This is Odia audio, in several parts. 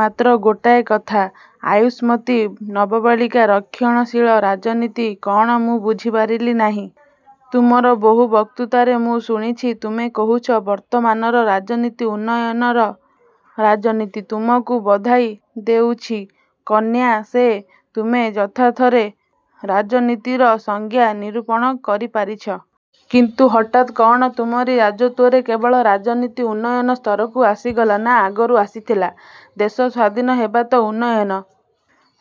ମାତ୍ର ଗୋଟାଏ କଥା, ଆୟୁଷ୍ମତୀ ନବମାଳିକା, ରକ୍ଷଣଶୀଳ ରାଜନୀତି କଅଣ ମୁଁ ବୁଝିପାରିଲି ନାହିଁ। ତୁମର ବହୁ ବକ୍ତୃତାରେ ମୁଁ ଶୁଣିଛି ତୁମେ କହୁଛ ବର୍ତ୍ତମାନର ରାଜନୀତି ଉନ୍ନୟନର ରାଜନୀତି। ତୁମକୁ ବଧାଇ ଦେଉଛି, କନ୍ୟା, ସେ ତୁମେ ଯଥାର୍ଥରେ ରାଜନୀତିର ସଂଜ୍ଞା ନିରୂପଣ କରିପାରିଛ। କିନ୍ତୁ ହଠାତ୍ କଅଣ ତୁମରି ରାଜତ୍ଵରେ କେବଳ ରାଜନୀତି ଉନ୍ନୟନ ସ୍ତରକୁ ଆସିଗଲା ନା ଆଗରୁ ଆସିଥିଲା? ଦେଶ ସ୍ଵାଧୀନ ହେବା ତ ଉନ୍ନୟନ,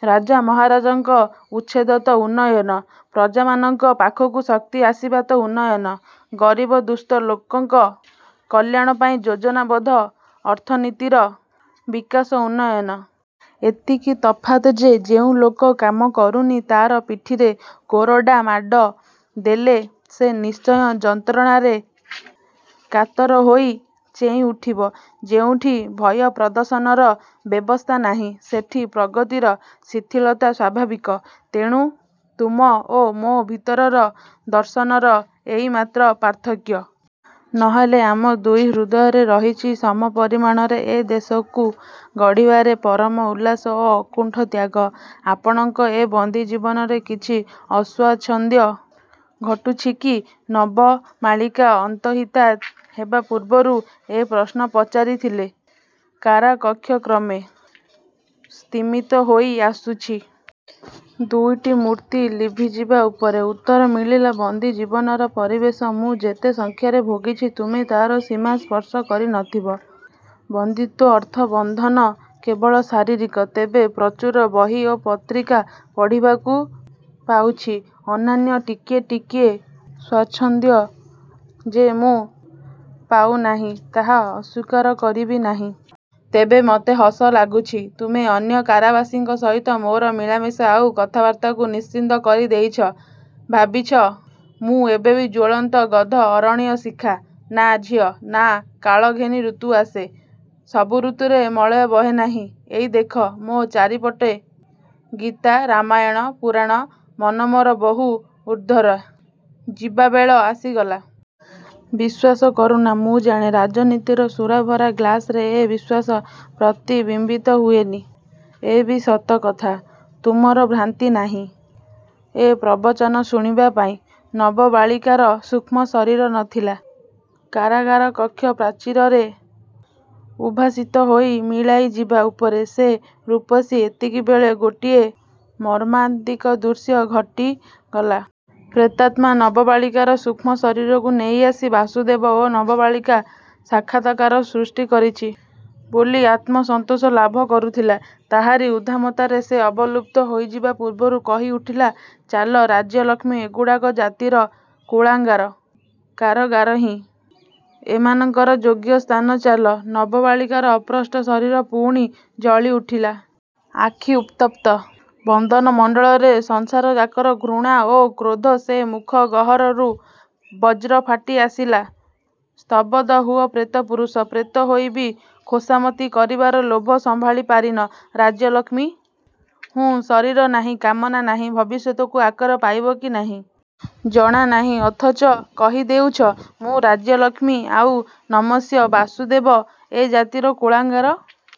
ରାଜା ମହାରାଜାଙ୍କ ଉଚ୍ଛେଦ ତ ଉନ୍ନୟନ, ପ୍ରଜାମାନଙ୍କ ପାଖକୁ ଶକ୍ତି ଆସିବା ତ ଉନ୍ନୟନ, ଗରିବ ଦୁସ୍ଥ ଲୋକଙ୍କ କଲ୍ୟାଣ ପାଇଁ ଯୋଜନାବଦ୍ଧ ଅର୍ଥନୀତିର ବିକାଶ ଉନ୍ନୟନ! ଏତିକି ତଫାତ୍ ଯେ, ଯେଉଁ ଲୋକ କାମ କରୁନି, ତାର ପିଠିରେ କୋରଡ଼ାମାଡ଼ ଦେଲେ ସେ ନିଶ୍ଚୟ ଯନ୍ତ୍ରଣାରେ କାତର ହୋଇ ଚେଇଁ ଉଠିବ। ଯେଉଁଠି ଭୟପ୍ରଦର୍ଶନର ବ୍ୟବସ୍ଥା ନାହିଁ ସେଠି ପ୍ରଗତିର ଶିଥିଳତା ସ୍ୱାଭାବିକ; ତେଣୁ ତୁମ ଓ ମୋ ଭିତରର ଦର୍ଶନର ଏଇ ମାତ୍ର ପାର୍ଥକ୍ୟ। ନ ହେଲେ ଆମ ଦୁଇ ହୃଦୟରେ ରହିଛି ସମପରିମାଣରେ ଏ ଦେଶକୁ ଗଢ଼ିବାରେ ପରମ ଉଲ୍ଲାସ ଓ ଅକୁଣ୍ଠ ତ୍ୟାଗ। -ଆପଣଙ୍କ ଏ ବନ୍ଦୀ ଜୀବନରେ କିଛି ଅସ୍ୱାଚ୍ଛନ୍ଦ୍ୟ ଘଟୁଛି କି? ନବମାଳିକା ଅନ୍ତର୍ହିତା ହେବା ପୂର୍ବରୁ ଏ ପ୍ରଶ୍ନ ପଚାରିଥିଲେ। କାରାକକ୍ଷ କ୍ରମେ ସ୍ତିମିତ ହୋଇଆସୁଛି। ଦୁଇଟି ମୂର୍ତ୍ତି ଲିଭି ଯିବା ଉପରେ। ଉତ୍ତର ମିଳିଲା-ବନ୍ଦୀ ଜୀବନର ପରିବେଶ ମୁଁ ଯେତେ ସଂଖ୍ୟାରେ ଭୋଗିଛି, ତୁମେ ତାର ସୀମା ସ୍ପର୍ଶ କରିନଥିବ। ବନ୍ଦୀତ୍ଵ ଅର୍ଥ ବନ୍ଧନ କେବଳ ଶାରୀରିକ। ତେବେ ପ୍ରଚୁର ବହି ଓ ପତ୍ରିକା ପଢ଼ିବାକୁ ପାଉଛି। ଅନ୍ୟାନ୍ୟ ଟିକିଏ ଟିକିଏ ସ୍ଵାଚ୍ଛନ୍ଦ୍ୟ ଯେ ମୁଁ ପାଉନାହିଁ, ତାହା ଅସ୍ୱୀକାର କରିବି ନାହିଁ। ତେବେ ମତେ ହସ ଲାଗୁଛି, ତୁମେ ଅନ୍ୟ କାରାବାସୀଙ୍କ ସହିତ ମୋର ମିଳାମିଶା ଆଉ କଥାବାର୍ତ୍ତାକୁ ନିଷିଦ୍ଧ କରିଦେଇଛ। ଭାବିଛ ମୁଁ ଏବେବି ଜ୍ଵଳନ୍ତ ଦଗ୍ଧ ଅରଣ୍ୟ ଶିଖା-? ନା, ଝିଅ, ନା-କାଳ ଘେନି ୠତୁ ଆସେ। ସବୁ ଋତୁରେ ମଳୟ ବହେ ନାହିଁ। ଏଇ ଦେଖ, ମୋ ଚାରିପଟେ ଗୀତା ରାମାୟଣ, ପୁରାଣ; ମନ ମୋର ବହୁ ଉର୍ଦ୍ଧ୍ଵରେ- ଯିବାବେଳ ଆସିଗଲା। ବିଶ୍ୱାସ କରୁନ ମୁଁ ଜାଣେ। ରାଜନୀତିର ସୁରାଭରା ଗ୍ଳାସରେ ଏ ବିଶ୍ୱାସ ପ୍ରତିବିମ୍ବିତ ହୁଏନି, ଏ ବି ସତକଥା। ତୁମର ଭ୍ରାନ୍ତି ନାହିଁ-। ଏ ପ୍ରବଚନ ଶୁଣିବା ପାଇଁ ନବମାଳିକାର ସୂକ୍ଷ୍ମ ଶରୀର ନଥିଲା। କାରାଗାର କକ୍ଷ ପ୍ରାଚୀରରେ ଉଦ୍ଭାସିତ ହୋଇ ମିଳାଇଯିବା ଉପରେ ସେ ରୂପଶ୍ରୀ- ଏତିକିବେଳେ ଗୋଟାଏ ମର୍ମାନ୍ତିକ ଦୃଶ୍ୟ ଘଟିଗଲା। ପ୍ରେତାତ୍ମା ନବମାଳିକାର ସୂକ୍ଷ୍ମ ଶରୀରକୁ ନେଇଆସି ବାସୁଦେବ ଓ ନବମାଳିକା ସାକ୍ଷାତକାର, ସୃଷ୍ଟି କରିଛି ବୋଲି ଆତ୍ମସନ୍ତୋଷ ଲାଭ କରୁଥିଲା। ତାହାରି ଉଦ୍ଦାମତାରେ ସେ ଅବଲୁପ୍ତ ହୋଇଯିବା ପୂର୍ବରୁ କହି ଉଠିଲା-ଚାଲ ରାଜ୍ୟଲକ୍ଷ୍ମୀ, ଏଗୁଡ଼ାକ ଜାତିର କୁଳାଙ୍ଗାର, କାରଗାରହିଁ ଏମାନଙ୍କର ଯୋଗ୍ୟ ସ୍ଥାନ, ଚାଲ-। ନବମାଳିକାର ଅସ୍ପଷ୍ଟ ଶରୀର ପୁଣି ଜଳି ଉଠିଲା। ଆଖି ଉତ୍ତପ୍ତ। ବଦନ ମଣ୍ଡଳରେ ସଂସାର ଯାକର ଘୃଣା ଓ କ୍ରୋଧ। ସେ ମୁଖ ଗହରରୁ ବଜ୍ର ଫାଟି ଆସିଲା- 'ସ୍ତବଧ ହୁଅ ପ୍ରେତପୁରୁଷ। ପ୍ରେତ ହୋଇ ବି ଖୋସାମତି କରିବାର ଲୋଭ ସମ୍ଭାଳି ପାରିନ? ରାଜ୍ୟଲକ୍ଷ୍ମୀ? ହୁଃ-ଶରୀର ନାହିଁ, କାମନା ନାହିଁ, ଭବିଷ୍ୟତକୁ ଆକାର ପାଇବ କି ନାହିଁ। ଜଣାନାହିଁ, ଅଥଚ କହିଦେଉଛ ମୁଁ ରାଜ୍ୟଲକ୍ଷ୍ମୀ ଆଉ ନମସ୍ୟା। ବାସୁଦେବ ଏ ଜାତିର କୁଳାଙ୍ଗାର-?